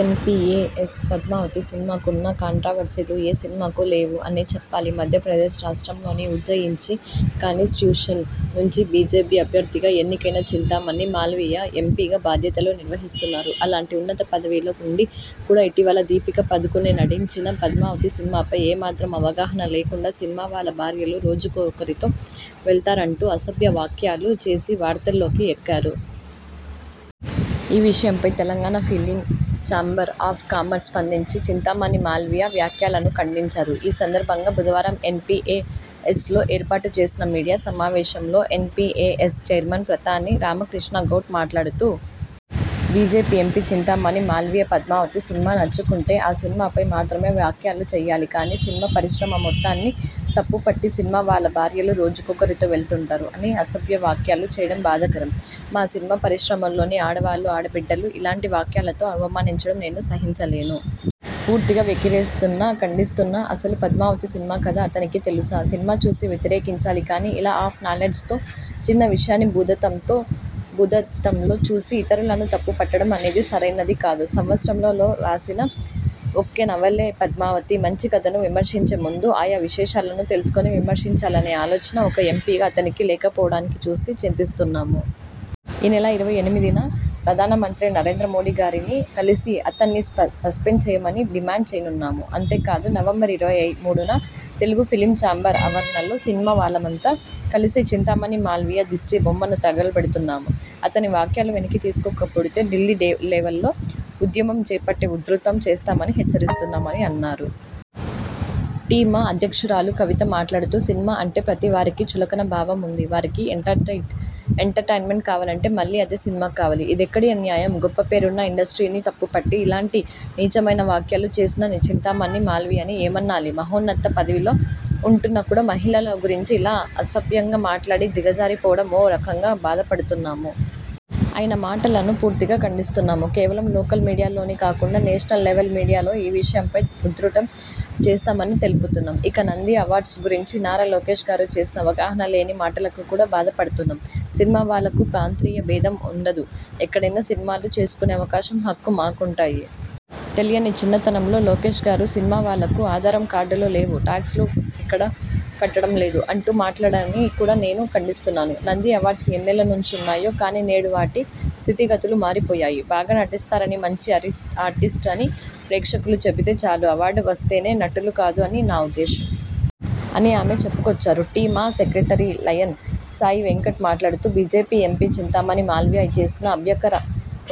N P A S 'Padmavati' సినిమాకు ఉన్న కాంట్రవర్సీలు ఏ సినిమాకు లేవు అనే చెప్పాలి. మధ్యప్రదేశ్ రాష్ట్రంలోని ఉజ్జయించి కానిట్యూషన్ నుంచి బీజేపీ అభ్యర్థిగా ఎన్నికైన చింతామణి మాల్వియా ఎంపీగా బాధ్యతలు నిర్వహిస్తున్నారు. అలాంటి ఉన్నత పదవిలో ఉండి కూడా ఇటీవల దీపికా పదుకునే నటించిన 'పద్మావతి' సినిమాపై ఏమాత్రం అవగాహన లేకుండా సినిమా వాళ్ళ భార్యలు రోజుకొకరితో వెళ్తారంటూ అసభ్య వాఖ్యాలు చేసి వార్తల్లోకి ఎక్కారు. ఈ విషయంపై Telangana film chamber of commerce స్పందించి చింతామణి మాల్వియా వ్యాఖ్యలను ఖండించారు. ఈ సందర్బంగా బుధవారం ఎన్ పి ఏ ఎస్ లో ఏర్పాటు చేసిన మీడియా సమావేశంలో N P A S chairman Pratani Ramakrishna Goud మాట్లాడుతూ.. ''BJP MP Chintamani Malviya 'Padmavati' cinema నచ్చకుంటే ఆ సినిమాపై మాత్రమే వాఖ్యాలు చేయాలి కానీ సినిమా పరిశ్రమ మొత్తాన్ని తప్పు పట్టి సినిమా వాళ్ళ భార్యలు రోజుకొకరితో వెళ్తుంటారు అని అసభ్య వాఖ్యాలు చేయడం బాధాకరం. మా సినిమా పరిశ్రమలోని ఆడవాళ్లను, ఆడ బిడ్డలను ఇలాంటి వాఖ్యాలతో అవమానించడం నేను సహించలేను. పూర్తిగా వ్యతిరేకిస్తున్నా, ఖండిస్తున్నా. అసలు పద్మావతి సినిమా కథ అతనికి తెలుసా? సినిమా చూసి వ్యతిరేకించాలి కానీ ఇలా ఆఫ్ నాలెడ్జితో చిన్న విషయాన్ని భూతద్దంతో భూతద్దంలో చూసి ఇతరులను తప్పుపట్టడం అనేది సరైనది కాదు. సంవత్సరంలో లో రాసిన ఒక్కె నవలే పద్మావతి. మంచి కథను విమర్శించే ముందు ఆయా విశేషాలను తెలుసుకొని విమర్శించాలనే ఆలోచన ఒక ఎంపీగా అతనికి లేకపోవడానికి చూసి చింతిస్తున్నాము. ఈ నెల ఇరవై ఎనిమిదిన ప్రధాన మంత్రి నరేంద్ర మోడీ గారిని కలసి అతన్ని స్ప సస్పెండ్ చేయమని డిమాండ్ చేయనున్నాము. అంతే కాదు నవంబర్ ఇరవై మూడున తెలుగు ఫిలిం ఛాంబర్ ఆవరణలో సినిమా వాళ్లమంతా కలసి చింతామణి మాల్వియా దిష్టి బొమ్మను తగలబెడుతున్నాము. అతని వాఖ్యాలు వెనక్కి తీసుకోకపోడెతే ఢిల్లీ డే లెవెల్లో ఉద్యమం చేపట్టి ఉధృతం చేస్తామని హెచ్చరిస్తున్నాము'' అని అన్నారు. టి. మా అధ్యక్షురాలు కవిత మాట్లాడుతూ.. ''సినిమా అంటే ప్రతి వారికి చులకన భావం ఉంది. వారికి ఎంటటైట్ ఎంటర్టైన్మెంట్ కావాలంటే మళ్ళీ అదే సినిమా కావాలి. ఇదెక్కడి అన్యాయం. గొప్ప పేరున్న ఇండస్ట్రీని తప్పుపట్టి ఇలాంటి నీచమైన వాఖ్యలు చేసిన చింతామణి మాల్వియాని ఏమనాలి? మహోన్నత పదవిలో ఉంటున్న కూడా మహిళల గురించి ఇలా అసభ్యంగా మాట్లాడి దిగజారి పోవడం ఓ రకంగా బాధపడుతున్నాము. ఆయన మాటలను పూర్తిగా ఖండిస్తున్నాము. కేవలం లోకల్ మీడియాలోనే కాకుండా నేషనల్ లెవెల్ మీడియాలో ఈ విషయంపై ఉధృటం చేస్తామని తెలుపుతున్నాం. ఇక నంది అవార్డ్స్ గురుంచి నారా లోకేష్ గారు చేసిన అవగాహన లేని మాటలకు కూడా బాధపడుతున్నామ్. సినిమా వాళ్లకు ప్రాంతీయ భేధం ఉండదు, ఎక్కడైనా సినిమాలు చేసుకునే అవకాశం హక్కు మాకుంటాయి. తెలియని చిన్నతనంతో లోకేష్ గారు సినిమా వాళ్లకు ఆధారం కార్డులు లేవు, టాక్స్ లు ఇక్కడ కట్టడం లేదు అంటూ మాట్లాడన్ని కూడా నేను ఖండిస్తున్నాను. నంది అవార్డ్స్ ఎన్నేళ్ల నుంచో ఉన్నాయి. కానీ నేడు వాటి స్థితి గతులు మారిపోయాయి. బాగా నటిస్తారని, మంచి అరిస్ట్ ఆర్టిస్ట్ అని ప్రేక్షకులు చెబితే చాలు అవార్డు వస్తేనే నటులు కాదు అని నా ఉద్దేశ్యం.. '' అని ఆమె చెప్పుకొచ్చారు. టి. మా సెక్రటరీ లయన్ సాయి వెంకట్ మాట్లాడుతూ.. ''బీజేపీ ఎంపీ చింతామణి మాల్వియా చేసిన అభ్యకర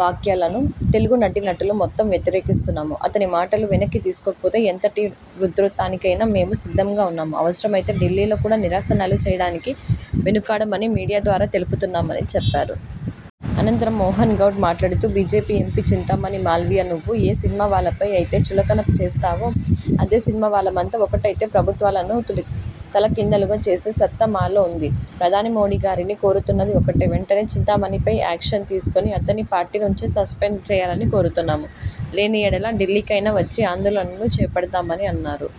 వాఖ్యలను తెలుగు నటీనటులు మొత్తం వ్యతిరేకిస్తున్నాము. అతని మాటలు వెనక్కి తీసుకోకపోతే ఎంతటి ఉధృతానికైనా మేము సిద్ధంగా ఉన్నాము. అవసరమైతే ఢిల్లీలో కూడా నిరసనలు చేయడానికి వెనుకాడమని మీడియా ద్వారా తెలుపుతున్నామని'' చెప్పారు. అనంతరం మోహన్ గౌడ్ మాట్లాడుతూ.. ''బీజేపీ ఎంపీ చింతామణి మాల్వియా.. నువ్వు ఏ సినిమా వాళ్లపై అయితే చులకన చేస్తావో అదే సినిమా వాళ్లమంతా ఒక్కటైతే ప్రభుత్వాలను తొలి తలకిందులుగా చేసే సత్తా మాలో ఉంది. ప్రధాని మోడీ గారిని కోరుతున్నది ఒక్కటే వెంటనే చింతామణిపై యాక్షన్ తీసుకొని అతన్ని పార్టీ నుంచి సస్పెండ్ చేయాలని కోరుతున్నాము. లేని యెడల ఢిల్లీకైనా వచ్చి ఆందోళనలు చేపడతామని'' అన్నారు.